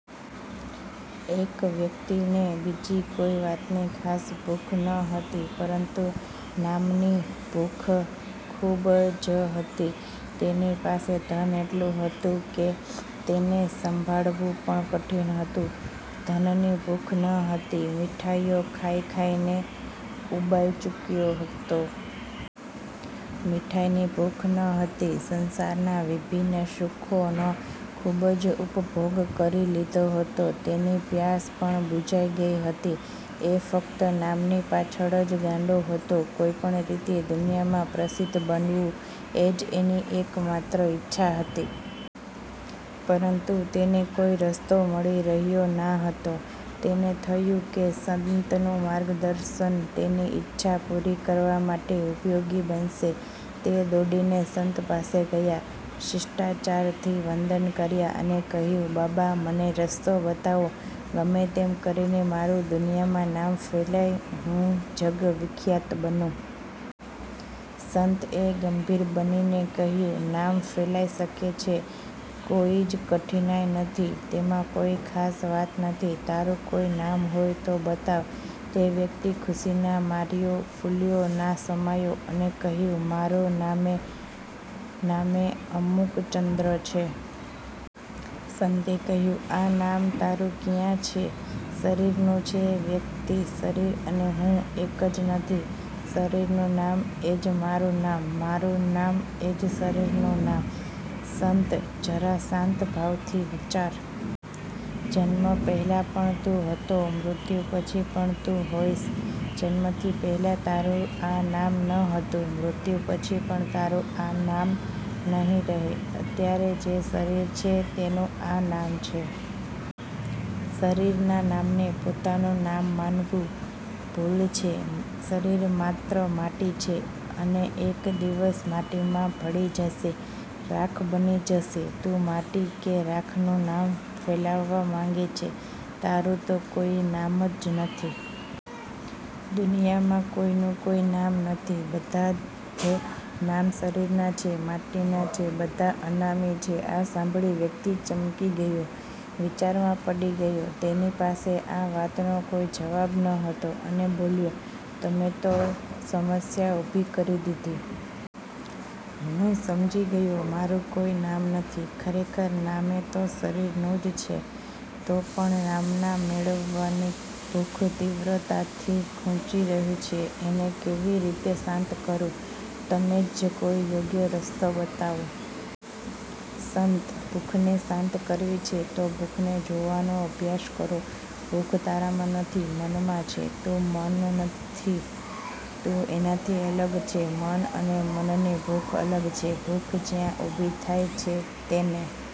એક વ્યક્તિ ને બીજી કોઈ વાતની ખાસ ભૂખ ન હતી, પરંતુ નામ ની ભૂખ ખુબ જ હતી! તેની પાસે ધન એટલું હતું કે તેને સંભાળવુ પણ કઠિન હતું. ધનની ભૂખ ન હતી. મીઠાઈઓ ખાઇ ખાઇ ને ઉબાઈ ચુક્યો હતો. મીઠાઈ ની ભૂખ ન હતી. સંસારના વિભિન્ન સુખો નો ખુબ જ ઉપભોગ કરી લીધો હતો. તેની પ્યાસ પણ બુઝાઈ ગઈ હતી. એ ફક્ત નામની પાછળ જ ગાંડો હતો. કોઈપણ રીતે દુનિયામાં પ્રસિદ્ધ બનવું એજ એની એક માત્ર ઈચ્છા હતી. પરંતુ તેને કોઈ રસ્તો મળી રહ્યો ના હતો. તેને થયું કે સંતનું માર્ગદર્શન તેની ઇચ્છા પુરી કરવા માટે ઉપયોગી બનશે. તે દોડીને સંત પાસે ગયા. શિષ્ટાચાર થી વંદન કર્યા અને કહ્યું, "બાબા! મને રસ્તો બતાવો, ગમે-તેમ કરીને મારુ દુનિયામાં નામ ફેલાય, હું જગવિખ્યાત બનું. " સંત એ ગંભીર બનીને કહ્યું, "નામ ફેલાઈ શકે છે. કોઈ જ કઠિનાઈ નથી. તેમાં કોઈ ખાસ વાત નથી. તારું કોઈ નામ હોય તો બતાવ. " તે વ્યક્તિ ખુશીના માર્યો ફૂલ્યો ના સમાયો, અને કહ્યું, "મારુ નામે નામે અમુકચંદ્ર છે! " સંતે કહ્યું, "આ નામ તારું ક્યાં છે? શરીરનું છે. " વ્યક્તિ: "શરીર અને હું એક જ નથી? શરીર નું નામ એજ મારુ નામ. મારુ નામ એજ શરીરનું નામ! " સંત: "જરા શાંત ભાવથી વિચાર. જન્મ પહેલાં પણ તું હતો, મૃત્યુ પછી પણ તું હોઈશ. જન્મ થી પેહલા તારું આ નામ ન હતું. મૃત્યુ પછી પણ તારું આ નામ નહિ રહે અત્યારે જે શરીર છે તેનું આ નામ છે. શરીરના નામને પોતાનું નામ માનવું ભૂલ છે. શરીર માત્ર માટી છે, અને એક દિવસ માટી માં ભળી જશે! રાખ બની જશે. તું માટી કે રાખનું નામ ફેલાવવા માંગે છે. તારું તો કોઈ નામ જ નથી. દુનિયામાં કોઈનું કોઈ નામ નથી. બધાજ નામ શરીરના છે, માટીના છે. બધા અનામી છે! " આ સાંભળી વ્યક્તિ ચમકી ગયો, વિચારમાં પડી ગયો, તેની પાસે આ વાતનો કોઈ જવાબ ન હતો, અને બોલ્યો, "તમે તો સમસ્યા ઉભી કરી દીધી. હું સમજી ગયો, મારું કોઈ નામ નથી, ખરેખર નામે તો શરીર નુ જ છે! તો પણ નામના મેળવવાની ભૂખ તીવ્રતાથી ખૂંચી રહી છે. એને કેવી રીતે શાંત કરું? તમે જ કોઈ યોગ્ય રસ્તો બતાવો! " સંત: "ભૂખને શાંત કરવી છે તો ભૂખને જોવાનો અભ્યાસ કરો. ભૂખ તારામાં નથી – મન માં છે! તું મન નથી, તું એનાથી અલગ છે. મન અને મનની ભૂખ અલગ છે. ભૂખ જ્યાં ઉભી થાય છે તેને